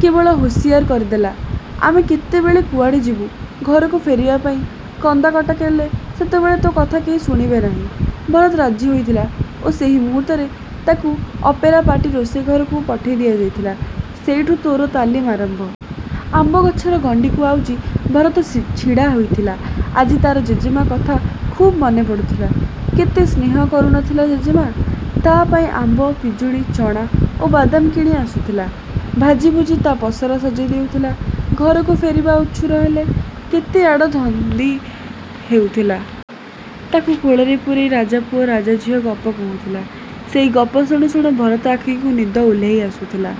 କେବଳ ହୁସିଆର କରିଦେଲା, "ଆମେ କେତେବେଳେ କୁଆଡ଼େ ଯିବୁ। ଘରକୁ ଫେରିବା ପାଇଁ କନ୍ଦାକଟା କଲେ ସେତେବେଳେ ତୋ କଥା କେହି ଶୁଣିବେ ନାହିଁ।" ଭରତ ରାଜି ହୋଇଥିଲା ଓ ସେହି ମୁହୂର୍ତ୍ତରୁ ତାକୁ ଅପେରା ପାର୍ଟି ରୋଷେଇ ଘରକୁ ପଠେଇ ଦିଆଯାଇଥିଲା। ସେଇଠୁ ତୋର ତାର ତାଲିମ ଆରମ୍ଭ। ଆମ୍ବଗଛର ଗଣ୍ଡିକୁ ଆଉଜି ଭରତ ଛିଡ଼ାହୋଇଥିଲା। ଆଜି ତାର ଜେଜେମା କଥା ଖୁବ୍ ମନେ ପଡ଼ୁଥିଲା। କେତେ ସ୍ନେହ କରୁନଥିଲା ଜେଜେମା। ତା ପାଇଁ ଆମ୍ବ, ପିଜୁଳି, ଚଣା ଓ ବାଦାମ କିଣିଆସୁଥିଲା। ଭାଜିଭୁଜି ତା ପସରା ସଜେଇ ଦେଉଥିଲା। ଘରକୁ ଫେରିବା ଉଛୁର ହେଲେ କେତେଆଡ଼ ଧନ୍ଦି ହେଉଥିଲା। ତାକୁ କୋଳରେ ପୂରେଇ ରାଜାପୁଅ ରାଜାଝିଅ ଗପ କହୁଥିଲା। ସେହି ଗପ ଶୁଣୁଶୁଣୁ ଭରତ ଆଖିକୁ ନିଦ ଓହ୍ଲେଇ ଆସୁଥିଲା।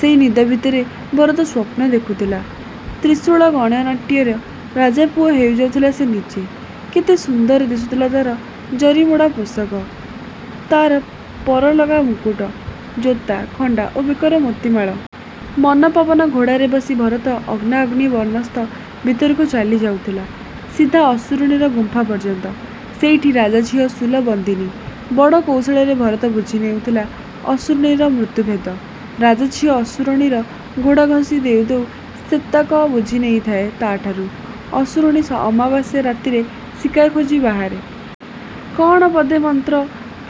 ସେଇ ନିଦ ଭିତରେ ଭରତ ସ୍ୱପ୍ନ ଦେଖୁଥିଲା, 'ତ୍ରିଶୂଳ ଗଣନାଟ୍ୟ'ର ରାଜାପୁଅ ହେଇଯାଉଥିଲା ସେ ନିଜେ। କେତେ ସୁନ୍ଦର ଦିଶୁଥିଲା ତାର ଜରିମଡ଼ା ପୋଷାକ, ତାର ପରଲଗା ମକୁଟ, ଜୋତା, ଖଣ୍ଡା ଓ ବେକର ମୋତିମାଳ। ମନପବନ ଘୋଡ଼ାରେ ବସି ଭରତ ଅଗ୍ନାଅଗ୍ନି ବନସ୍ତ ଭିତରକୁ ଚାଲିଯାଉଥିଲା, ସିଧା ଅସୁରୁଣୀର ଗୁମ୍ଫା ପର୍ଯ୍ୟନ୍ତ। ସେଇଠି ରାଜାଝିଅ ସୁଲ ବନ୍ଦିନୀ। ବଡ଼ କୌଶଳରେ ଭରତ ବୁଝିନେଉଥିଲା ଅସୁରୁଣୀର ମୃତ୍ୟୁଭେଦ। ରାଜାଝିଅ ଅସୁରୁଣୀର ଗୋଡ଼ ଘଷି ଦେଉଦେଉ ସେତକ ବୁଝିନେଇଥାଏ ତାଠାରୁ। ଅସୁରୁଣୀ ଅମାବାସ୍ୟା ରାତିରେ ଶିକାର ଖୋଜି ବାହାରେ। କଣ ପଦେ ମନ୍ତ୍ର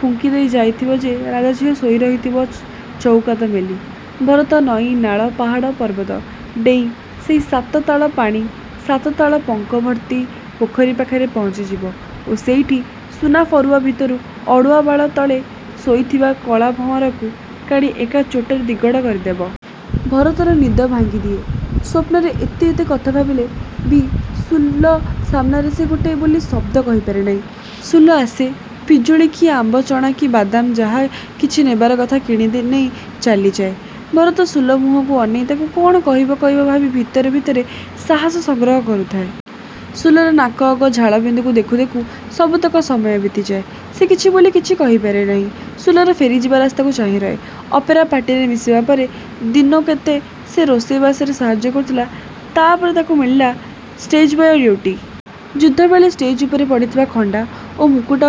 ଫୁଙ୍କିଦେଇ ଯାଇଥିବ ଯେ ରାଜାଝିଅ ଶୋଇରହିଥିବ ଚଉକାତ ମେଲି। ଭରତ ନଈ, ନାଳ, ପାହାଡ଼, ପର୍ବତ ଡେଇଁ ସେହି ସାତ ତାଳ ପାଣି, ସାତ ତାଳ ପଙ୍କ ଭର୍ତ୍ତି ପୋଖରୀ ପାଖରେ ପହଞ୍ଚିଯିବ ଓ ସେଇଠି ସୁନାଫରୁଆ ଭିତରୁ ଅଡ଼ୁଆବାଳ ତଳେ ଶୋଇଥିବା କଳାଭଆଁରକୁ କାଢ଼ି ଏକା ଚୋଟରେ ଦିଗଡ଼ କରିଦେବ। ଭରତର ନିଦ ଭାଙ୍ଗିଦିଏ। ସ୍ୱପ୍ନରେ ଏତେ ଏତେ କଥା ଭାବିଲେ ବି ସୁଲ ସାମ୍ନାରେ ସେ ଗୋଟେ ବୋଲି ଶବ୍ଦ କହିପାରେ ନାହିଁ। ସୁଲ ଆସେ, ପିଜୁଳି କି ଆମ୍ବ, ଚଣା କି ବାଦାମ, ଯାହା କିଛି ନେବାର କଥା କିଣିନେଇ ଚାଲିଯାଏ। ଭରତ ସୁଲ ମୁହଁକୁ ଅନେଇ ତାକୁ କଣ କହିବ କହିବ ଭାବି ଭିତରେ ଭିତରେ ସାହସ ସଂଗ୍ରହ କରୁଥାଏ। ସୁଲର ନାକଅଗ ଝାଳବିନ୍ଦୁକୁ ଦେଖୁ ଦେଖୁ ସବୁତକ ସମୟ ବିତିଯାଏ। ସେ କିଛି ବୋଲି କିଛି କହିପାରେ ନାହିଁ। ସୁଲର ଫେରିଯିବା ରାସ୍ତାକୁ ଚାହିଁ ରହେ। ଅପେରା ପାର୍ଟିରେ ମିଶିବା ପରେ ଦିନକେତେ ସେ ରୋଷେଇବାସରେ ସାହାଯ୍ୟ କରୁଥିଲା। ତାପରେ ତାକୁ ମିଳିଲା ଷ୍ଟେଜ୍‌ବୟ ଡ୍ୟୁଟି। ଯୁଦ୍ଧବେଳେ ଷ୍ଟେଜ୍ ଉପରେ ପଡ଼ିଥିବା ଖଣ୍ଡା ଓ ମୁକୁଟ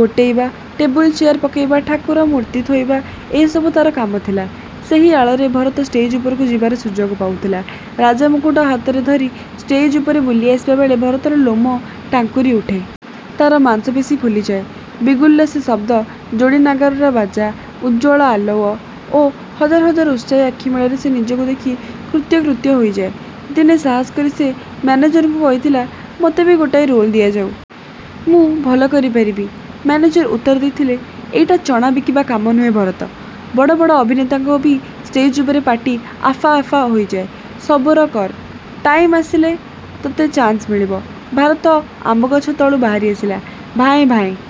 ଗୋଟେଇବା, ଟେବୁଲ, ଚେୟାର ପକେଇବା, ଠାକୁର ମୂର୍ତ୍ତି ଥୋଇବା ଏସବୁ ତାର କାମ ଥିଲା। ସେହି ଆଳରେ ଭରତ ଷ୍ଟେଜ୍ ଉପରକୁ ଯିବାର ସୁଯୋଗ ପାଉଥିଲା। ରାଜାମୁକୁଟ ହାତରେ ଧରି ଷ୍ଟେଜ୍ ଉପରେ ବୁଲି ଆସିବା ବେଳେ ଭରତର ଲୋମ ଟାଙ୍କୁରି ଉଠେ। ତାର ମାଂସପେଶୀ ଫୁଲିଯାଏ। ବିଗୁଲ୍‌ର ସେ ଶବ୍ଦ, ଯୋଡ଼ିନାଗରାର ବାଜା, ଉଜ୍ଜ୍ୱଳ ଆଲୁଅ ଓ ହଜାର ହଜାର ଉତ୍ସାହୀ ଆଖି ମେଳରେ ସେ ନିଜକୁ ଦେଖି କୃତ୍ୟ କୃତ୍ୟ ହୋଇଯାଏ। ଦିନେ ସାହସ କରି ସେ ମ୍ୟାନେଜରଙ୍କୁ କହିଥିଲା, "ମୋତେ ବି ଗୋଟାଏ ରୋଲ୍ ଦିଆଯାଉ। ମୁଁ ଭଲ କରିପାରିବି।" ମ୍ୟାନେଜର ଉତ୍ତର ଦେଇଥିଲେ, "ଏଇଟା ଚଣା ବିକିବା କାମ ନୁହେଁ ଭରତ। ବଡ଼ ବଡ଼ ଅଭିନେତାଙ୍କର ବି ଷ୍ଟେଜ୍ ଉପରେ ପାଟି ଆଫା ଆଫା ହୋଇଯାଏ। ସବର୍ କର। ଟାଇମ୍‌ ଆସିଲେ ତୋତେ ଚାନ୍ସ ମିଳିବ।" ଭାରତ ଆମ୍ବଗଛ ତଳୁ ବାହାରି ଆସିଲା। ଭାଏଁ ଭାଏଁ।